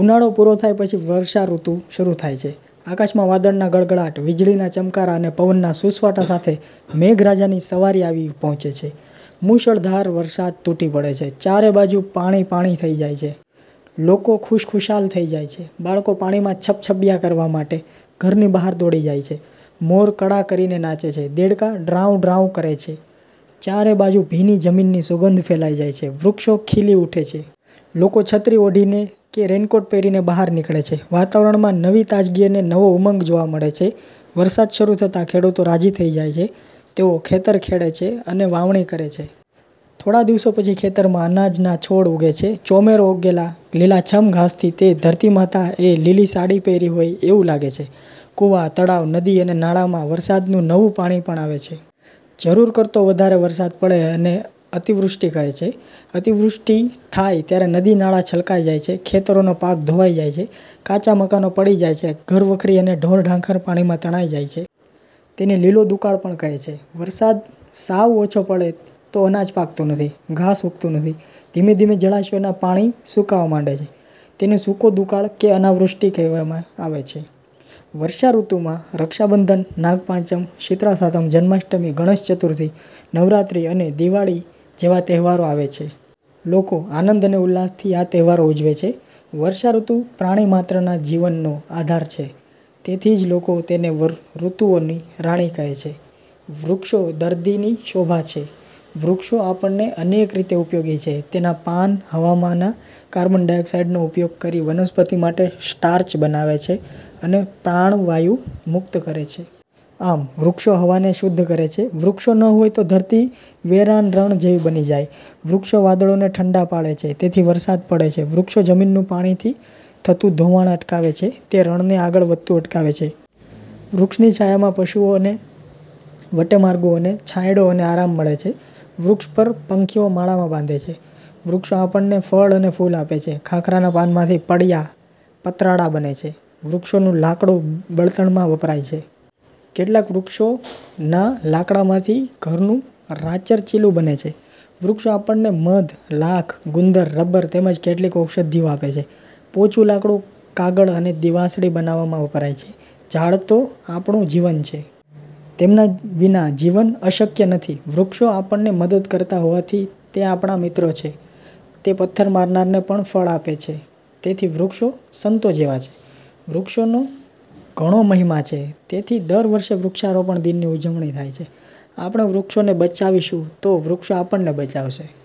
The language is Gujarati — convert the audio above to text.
ઉનાળો પૂરો થાય પછી વર્ષાઋતુ શરૂ થાય છે. આકાશમાં વાદળના ગડગડાટ, વીજળીના ચમકારા અને પવનના સૂસવાટા સાથે મેઘરાજાની સવારી આવી પહોંચે છે. મૂશળધાર વરસાદ તૂટી પડે છે. ચારે બાજુ પાણી પાણી થઇ જાય છે. લોકો ખુશખુશાલ થઈ જાય છે. બાળકો પાણીમાં છબછબીયા કરવા માટે ઘરની બહાર દોડી જાય છે. મોર કળા કરીને નાચે છે. દેડકા ડ્રાઉંડ્રાઉંકરે છે. ચારે બાજુ ભીની જમીનની સુગંધ ફેલાઈ જાય છે. વૃક્ષો ખીલી ઊઠે છે. લોકો છત્રી ઓઢીને કે રેઇનકોટ પહેરીને બહાર નીકળે છે. વાતાવરણમાં નવી તાજગી અને નવો ઉમંગ જોવા મળે છે. વરસાદ શરૂ થતાં ખેડૂતો રાજી થઇ જાય છે. તેઓ ખેતર ખેડે છે અને વાવણી કરે છે. થોડા દિવસો પછી ખેતરમાં અનાજના છોડ ઊગે છે. ચોમેર ઉગેલા લીલાછમ ઘાસથી તે ધરતીમાતા એ લીલી સાડી પહેરી હોય એવું લાગે છે. કૂવા, તળાવ, નદી અને નાળા માં વરસાદ નું નવું પાણી આવે છે. જરૂર કરતો વધારે વરસાદ પડે તેને અતિવૃષ્ટિ કહે છે. અતિવૃષ્ટિ થાય ત્યારે નદી-નાળા છલકાઈ જાય છે. ખેતરોનો પાક ધોવાઈ જાય છે. કાચા મકાનો પડી જાય છે. ઘરવખરી અને ઢોરઢાંખર પાણીમાં તણાઈ જાય છે. તેને લીલો દુકાળ પણ કહે છે. વરસાદ સાવ ઓછો પડે તો અનાજ પાકતું નથી, ઘાસ ઉગતું નથી. ધીમે ધીમે જળાશયોના પાણી સુકાવા માંડે છે. તેને સૂકો દુકાળ કે અનાવૃષ્ટિ કહે છે. વર્ષાઋતુમાં રક્ષાબંધન, નાગપાંચમ, શીતળાસાતમ, જન્માષ્ટમી, ગણેશ ચતુર્થી, નવરાત્રિ અને દિવાળી જેવા તહેવારો આવે છે. લોકો આનંદ અને ઉલ્લાસથી આ તહેવારો ઉજવે છે. વર્ષાઋતુ પ્રાણીમાત્રના જીવનનો આધાર છે. તેથી જ લોકો એને ઋતુઓની રાણી કહે છે. વૃક્ષો દર્દીની શોભા છે. વૃક્ષો આપણને અનેક રીતે ઉપયોગી છે. તેના પાન હવામાંના કાર્બન ડાયોક્સાઇડનો ઉપયોગ કરી વનસ્પતિ માટે સ્ટાર્ચ બનાવે છે અને પ્રાણવાયુ મુક્ત કરે છે. આમ, વૃક્ષો હવાને શુદ્ધ કરે છે. વૃક્ષો ન હોય તો ધરતી વેરાન રણ જેવી બની જાય. વૃક્ષો વાદળોને ઠંડા પાડે છે, તેથી વરસાદ પડે છે. વૃક્ષો જમીનનું પાણીથી થતું ધોવાણ અટકાવે છે. તે રણને આગળ વધતું અટકાવે છે. વૃક્ષની છાયામાં પશુઓ અને વટેમાર્ગુઓને છાંયડો અને આરામ મળે છે. વૃક્ષ પર પંખીઓ માળામા બાંધે છે. વૃક્ષો આપણને ફળ અને ફૂલ આપે છે. ખાખરાના પાનમાંથી પડિયા- પતરાળા બને છે. વૃક્ષોનું લાકડું બળતણમાં વપરાય છે. કેટલાંક વૃક્ષો ના લાકડામાંથી ઘરનું રાચરચીલું બને છે. વૃક્ષો આપણને મધ, લાખ, ગુંદર, રબર તેમજ કેટલીક ઔષધિઓ આપે છે. પોચું લાકડું કાગળ અને દિવાસળી બનાવવા માં વપરાય છે. ઝાડ તો આપણું જીવન છે. તેમના વિના જીવન અશક્ય નથી. વૃક્ષો આપણને મદદ કરતા હોવાથી તે આપણા મિત્રો છે. તે પથ્થર મારનારને પણ ફળ આપે છે. તેથી વૃક્ષો સંતો જેવા છે. વૃક્ષોનો ઘણો મહિમા છે. તેથી દર વર્ષે વૃક્ષારોપણ દિનની ઉજવણી થાય છે. આપણે વૃક્ષોને બચાવીશું તો, વૃક્ષો આપણને બચાવશે.